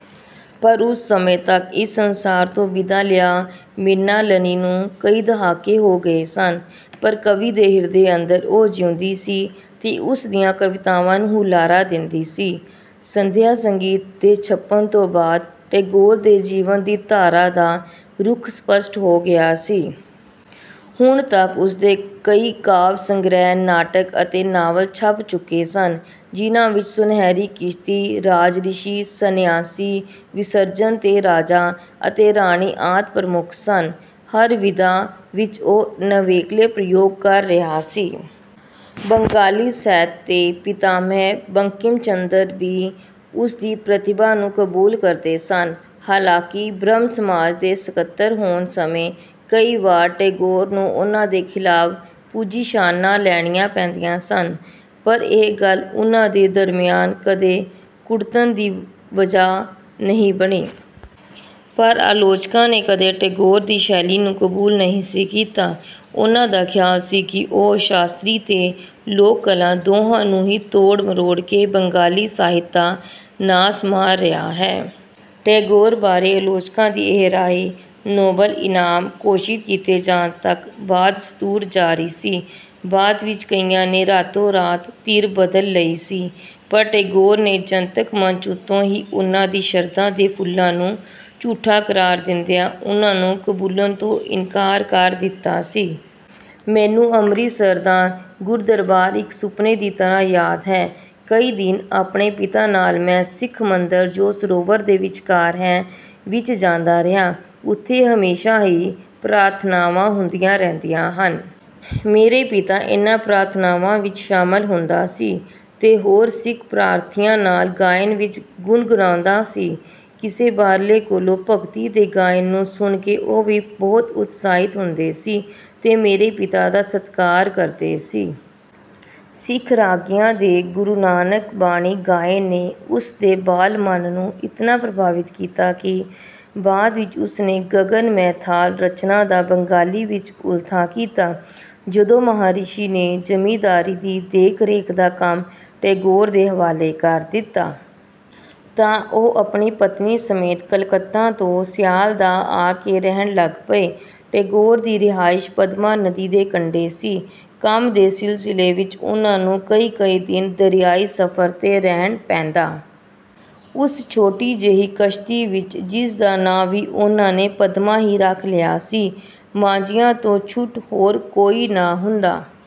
ਪਰ ਉਸ ਸਮੇਂ ਤੱਕ ਇਸ ਸਂਸਾਰ ਤੋਂ ਵਿਦਾ ਲਿਆਂ ਮ੍ਰਿਣਾਲਨੀ ਨੂੰ ਕਈ ਦਹਾਕੇ ਹੋ ਗਏ ਸਨ। ਪਰ ਕਵੀ ਦੇ ਹਿਰਦੇ ਅੰਦਰ ਉਹ ਜਿਉਂਦੀ ਸੀ ਤੇ ਉਸ ਦੀਆਂ ਕਵਿਤਾਵਾਂ ਨੂੰ ਹੁਲਾਰਾ ਦਿੰਦੀ ਸੀ। "ਸੰਧਿਆ-ਸੰਗੀਤ" ਦੇ ਛਪਣ ਤੋਂ ਬਾਦ ਟੈਗੋਰ ਦੇ ਜੀਵਨ ਦੀ ਧਾਰਾ ਦਾ ਰੁਖ ਸਪਸ਼ਟ ਹੋ ਗਿਆ ਸੀ। ਹੁਣ ਤਕ ਉਸਦੇ ਕਈ ਕਾਵਿ-ਸੰਗ੍ਰਿਹ, ਨਾਟਕ ਅਤੇ ਨਾਵਲ ਛਪ ਚੁਕੇ ਸਨ, ਜਿਨ੍ਹਾ ਵਿੱਚ ਸੁਨਹਿਰੀ ਕਿਸ਼ਤੀ, ਰਾਜਰਿਸ਼ੀ, ਸਨਿਆਸੀ, ਵਿਸਰਜਨ ਤੇ ਰਾਜਾ ਅਤੇ ਰਾਣੀ ਆਦਿ ਪ੍ਰਮੁਖ ਸਨ। ਹਰ ਵਿਧਾ ਵਿੱਚ ਉਹ ਨਵੇਕਲੇ ਪ੍ਰਯੋਗ ਕਰ ਰਿਹਾ ਸੀ। ਬੰਗਾਲੀ ਸਾਹਿਤ ਦੇ ਪਿਤਾਮਹ ਬੰਕਿਮ ਚੰਦਰ ਵੀ ਉਸਦੀ ਪ੍ਰਤਿਭਾ ਨੂੰ ਕਬੂਲ ਕਰਦੇ ਸਨ। ਹਾਲਾਂਕਿ ਬ੍ਰਹਮ-ਸਮਾਜ ਦੇ ਸਕਤਰ ਹੋਣ ਸਮੇਂ ਕਈ ਵਾਰ ਟੈਗੋਰ ਨੂੰ ਉਨ੍ਹਾ ਦੇ ਖਿਲਾਫ਼ ਪੁਜੀਸ਼ਾਨਾਂ ਲੈਣੀਆਂ ਪੈਂਦੀਆਂ ਸਨ। ਪਰ ਇਹ ਗੱਲ ਉਨ੍ਹਾ ਦੇ ਦਰਮਿਆਨ ਕਦੇ ਕੁੜਤਣ ਦੀ ਵਜਾਹ ਨਹੀਂ ਬਣੀ। ਪਰ ਆਲੋਚਕਾਂ ਨੇ ਕਦੇ ਟੈਗੋਰ ਦੀ ਸ਼ੈਲੀ ਨੂੰ ਕਬੂਲ ਨਹੀਂ ਸੀ ਕੀਤਾ। ਉਨ੍ਹਾ ਦਾ ਖਿਆਲ ਸੀ ਕਿ ਉਹ ਸ਼ਾਸਤਰੀ ਤੇ ਲੋਕ-ਕਲਾ ਦੋਹਾਂ ਨੂੰ ਹੀ ਤੋੜ-ਮਰੋੜ ਕੇ ਬੰਗਾਲੀ ਸਾਹਿਤ ਦਾ ਨਾਸ ਮਾਰ ਰਿਹਾ ਹੈ। ਟੈਗੋਰ ਬਾਰੇ ਆਲੋਚਕਾਂ ਦੀ ਇਹ ਰਾਇ ਨੋਬਲ-ਈਨਾਮ ਘੋਸ਼ਿਤ ਕੀਤੇ ਜਾਣ ਤਕ ਬਾਦਸਤੂਰ ਜਾਰੀ ਸੀ। ਬਾਦ ਵਿੱਚ ਕਈਆਂ ਨੇ ਰਾਤੋ-ਰਾਤ ਧਿਰ ਬਦਲ ਲਈ ਸੀ। ਪਰ ਟੈਗੋਰ ਨੇ ਜਨਤਕ ਮੰਚ ਉੱਤੋਂ ਹੀ ਉਨ੍ਹਾ ਦੀ ਸ਼ਰਧਾ ਦੇ ਫੁੱਲਾਂ ਨੂੰ ਝੂਠਾ ਕਰਾਰ ਦਿੰਦਿਆਂ ਉਨ੍ਹਾਂ ਨੂੰ ਕਬੂਲਣ ਤੋਂ ਇਨਕਾਰ ਕਰ ਦਿੱਤਾ ਸੀ। ਮੈਨੂੰ ਅੰਮ੍ਰਿਤਸਰ ਦਾ ਗੁਰਦਰਬਾਰ ਇਕ ਸੁਪਨੇ ਦੀ ਤਰਾਂ ਯਾਦ ਹੈ। ਕਈ ਦਿਨ ਆਪਣੇ ਪਿਤਾ ਨਾਲ ਮੈਂ ਸਿੱਖ ਮੰਦਰ ਜੋ ਸਰੋਵਰ ਦੇ ਵਿਚਕਾਰ ਹੈ, ਵਿੱਚ ਜਾਂਦਾ ਰਿਹਾ। ਉਥੇ ਹਮੇਸ਼ਾ ਹੀ ਪ੍ਰਾਰਥਨਾਵਾਂ ਹੁੰਦੀਆਂ ਰਹਿੰਦੀਆਂ ਹਨ। ਮੇਰਾ ਪਿਤਾ ਇਨ੍ਹਾਂ ਪ੍ਰਾਰਥਨਾਵਾਂ ਵਿੱਚ ਸ਼ਾਮਲ ਹੁੰਦਾ ਸੀ ਤੇਹੋਰ ਸਿੱਖ ਪ੍ਰਾਰਥੀਆਂ ਨਾਲ ਗਾਇਨ ਵਿੱਚ ਗੁਣਗੁਨਾਂਉਦਾ ਸੀ। ਕਿਸੇ ਬਾਹਰਲੇ ਕੋਲੋਂ ਭਗਤੀ ਦੇ ਗਾਇਨ ਨੂੰ ਸੁਣ ਕੇ ਉਹ ਵੀ ਬਹੁਤ ਉਤਸਾਹਿਤ ਹੁੰਦੇ ਸੀ ਤੇ ਮੇਰੇ ਪਿਤਾ ਦਾ ਸਤਕਾਰ ਕਰਦੇ ਸੀ। ਸਿੱਖ ਰਾਗੀਆਂ ਦੇ ਗੁਰੂ ਨਾਨਕ ਬਾਣੀ ਗਾਇਨ ਨੇ ਉਸ ਦੇ ਬਾਲ ਮਨ ਨੂੰ ਇਤਨਾ ਪ੍ਰਭਾਵਿਤ ਕੀਤਾ ਕਿ ਬਾਦ ਵਿੱਚ ਉਸ ਨੇ " ਗਗਨ ਮੈਂ ਥਾਲ" ਰਚਨਾ ਦਾ ਬੰਗਾਲੀ ਵਿੱਚ ਉਲਥਾ ਕੀਤਾ। ਜਦੋ ਮਹਾਰਿਸ਼ੀ ਨੇ ਜ਼ਮੀਂਦਾਰੀ ਦੀ ਦੇਖਰੇਖ ਦਾ ਕੰਮ ਟੈਗੋਰ ਦੇ ਹਵਾਲੇ ਕਰ ਦਿੱਤਾ। ਤਾਂ ਉਹ ਆਪਣੀ ਪਤਨੀ ਸਮੇਤ ਕਲਕੱਤਾ ਤੋਂ ਸਿਆਲਦਾਅ ਆਕੇ ਰਹਿਣ ਲਗ ਪਏ। ਟੈਗੋਰ ਦੀ ਰਿਹਾਇਸ਼ ਪਦਮਾ ਨਦੀ ਦੇ ਕੰਡੇ ਸੀ। ਕੰਮ ਦੇ ਸਿਲਸਿਲੇ ਵਿੱਚ ਉਨ੍ਹਾ ਨੂੰ ਕਈ-ਕਈ ਦਿਨ ਦਰਿਆਈ ਸਫ਼ਰ 'ਤੇ ਰਹਿਣ ਪੈਂਦਾ। ਉਸ ਛੋਟੀ ਜਿਹੀ ਕਸ਼ਤੀ ਵਿੱਚ, ਜਿਸਦਾ ਨਾਂ ਵੀ ਉਨ੍ਹਾ ਨੇ ਪਦਮਾ ਹੀ ਰਖ ਲਿਆ ਸੀ, ਮਾਂਝੀਆਂ ਤੋਂ ਛੁੱਟ ਹੋਰ ਕੋਈ ਨਾ ਹੁੰਦਾ।